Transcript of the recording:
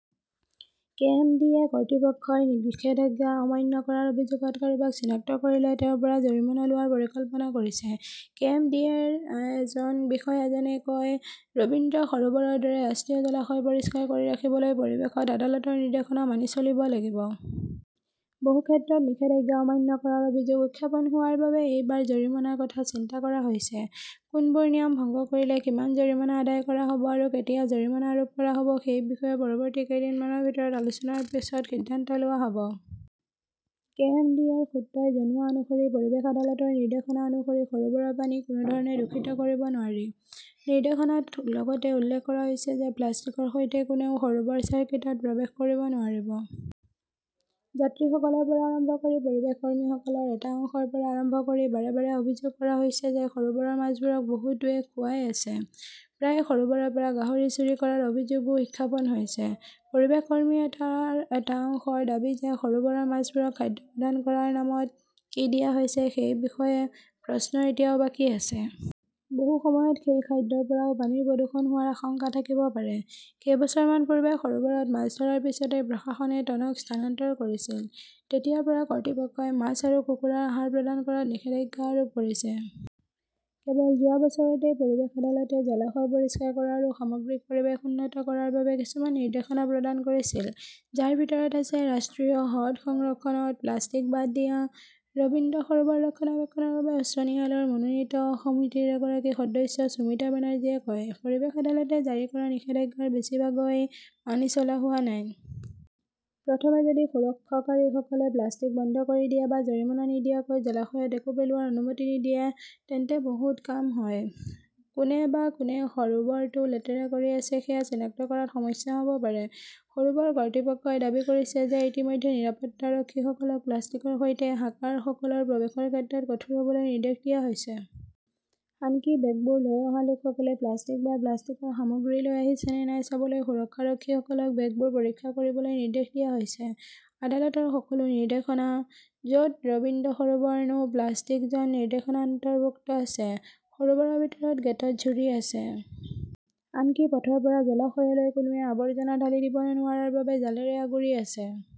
K. M. D. A. কৰ্তৃপক্ষই নিষেধাজ্ঞা অমান্য কৰাৰ অভিযোগত কাৰোবাক চিনাক্ত কৰিলে তেওঁৰ পৰা জৰিমনা লোৱাৰ পৰিকল্পনা কৰিছে। কে. এম. ডি. এ. ৰ এজন বিষয়াজনে কয় যে ৰবীন্দ্ৰ সৰোবৰৰ দৰে ৰাষ্ট্ৰীয় জলাশয় পৰিষ্কাৰ কৰি ৰাখিবলৈ পৰিৱেশত আদালতৰ নিৰ্দেশনা মানি চলিব লাগিব। বহু ক্ষেত্ৰত নিষেধাজ্ঞা অমান্য কৰাৰ অভিযোগ উত্থাপন হোৱাৰ বাবে এইবাৰ জৰিমনাৰ কথা চিন্তা কৰা হৈছে। কোনবোৰ নিয়ম ভংগ কৰিলে কিমান জৰিমনা আদায় কৰা হ'ব আৰু কেতিয়া জৰিমনা আৰোপ কৰা হ'ব সেই বিষয়ে পৰৱৰ্তী কেইদিনমানৰ ভিতৰত আলোচনাৰ পিছত সিদ্ধান্ত লোৱা হ'ব। কে. এম. ডি. এ. ৰ সূত্ৰই জনোৱা অনুসৰি পৰিৱেশ আদালতৰ নিৰ্দেশনা অনুসৰি সৰোবৰৰ পানী কোনো ধৰণে দূষিত কৰিব নোৱাৰি। নিৰ্দেশনাত লগতে উল্লেখ কৰা হৈছে যে প্লাষ্টিকৰ সৈতে কোনেও সৰোবৰ চাৰ্কিটত প্ৰৱেশ কৰিব নোৱাৰিব। যাত্ৰীসকলৰ পৰা আৰম্ভ কৰি পৰিৱেশ কৰ্মীসকলৰ এটা অংশৰ পৰা আৰম্ভ কৰি বাৰে বাৰে অভিযোগ কৰা হৈছে যে সৰোবৰৰ মাছবোৰক বহুতোৱে খুৱাই আছে। প্ৰায়ে সৰোবৰৰ পৰা গাহৰি চুৰি কৰাৰ অভিযোগও উত্থাপন হৈছে। পৰিৱেশ কৰ্মীৰ এটা অংশৰ দাবী যে সৰোবৰৰ মাছবোৰক খাদ্য প্ৰদান কৰাৰ নামত কি দিয়া হৈছে সেই বিষয়ে প্ৰশ্ন এতিয়াও বাকী আছে। বহু সময়ত সেই খাদ্যৰ পৰাও পানীৰ প্ৰদূষণ হোৱাৰ আশংকা থাকিব পাৰে। কেইবছৰমান পূৰ্বে সৰোবৰত মাছ ধৰাৰ পিছতে প্ৰশাসনে টনক স্থানান্তৰ কৰিছিল। তেতিয়াৰ পৰা কৰ্তৃপক্ষই মাছ আৰু কুকুৰাৰ আহাৰ প্ৰদান কৰাত নিষেধাজ্ঞা আৰোপ কৰিছে। কেৱল যোৱা বছৰতে পৰিৱেশ আদালতে জলাশয় পৰিষ্কাৰ কৰা আৰু সামগ্ৰিক পৰিৱেশ উন্নত কৰাৰ বাবে কিছুমান নিৰ্দেশনা প্ৰদান কৰিছিল, যাৰ ভিতৰত আছে ৰাষ্ট্ৰীয় হ্ৰদ সংৰক্ষণত প্লাষ্টিক বাদ দিয়া। ৰবীন্দ্ৰ সৰোবৰ ৰক্ষণাবেক্ষণৰ বাবে উচ্চ ন্যায়ালয়ৰ মনোনীত সমিতিৰ এগৰাকী সদস্য সুমিতা বেনাৰ্জীয়ে কয়, পৰিৱেশ আদালতে জাৰি কৰা নিষেধাজ্ঞাৰ বেছিভাগই মানি চলা হোৱা নাই। প্ৰথমে যদি সুৰক্ষকাৰীসকলে প্লাষ্টিক বন্ধ কৰি দিয়ে বা জৰিমনা নিদিয়াকৈ জলাশয়ত একো পেলোৱাৰ অনুমতি নিদিয়ে, তেন্তে বহুত কাম হয়। কোনে বা কোনে সৰোবৰটো লেতেৰা কৰি আছে সেয়া চিনাক্ত কৰাত সমস্যা হ'ব পাৰে। সৰুবৰ কৰ্তৃপক্ষই দাবী কৰিছে যে ইতিমধ্যে নিৰাপত্তাৰক্ষীসকলক প্লাষ্টিকৰ সৈতে হাকাৰসকলৰ প্ৰৱেশৰ ক্ষেত্ৰত কঠোৰ হ'বলৈ নিৰ্দেশ দিয়া হৈছে। আনকি বেগবোৰ লৈ অহা লোকসকলে প্লাষ্টিক বা প্লাষ্টিকৰ সামগ্ৰী লৈ আহিছে নে নাই চাবলৈ সুৰক্ষাৰক্ষীসকলক বেগবোৰ পৰীক্ষা কৰিবলৈ নিৰ্দেশ দিয়া হৈছে। আদালতৰ সকলো নিৰ্দেশনা, য'ত ৰবীন্দ্ৰ সৰোবৰ নো প্লাষ্টিক জন নিৰ্দেশনা অন্তৰ্ভুক্ত আছে, সৰোবৰৰ বিভিন্ন গেটত ঝুৰি আছে। আনকি পথৰ পৰা জলাশয়লৈ কোনোৱে আৱৰ্জনা ঢালি দিব নোৱাৰাৰ বাবে জালৰে আগুৰি আছে।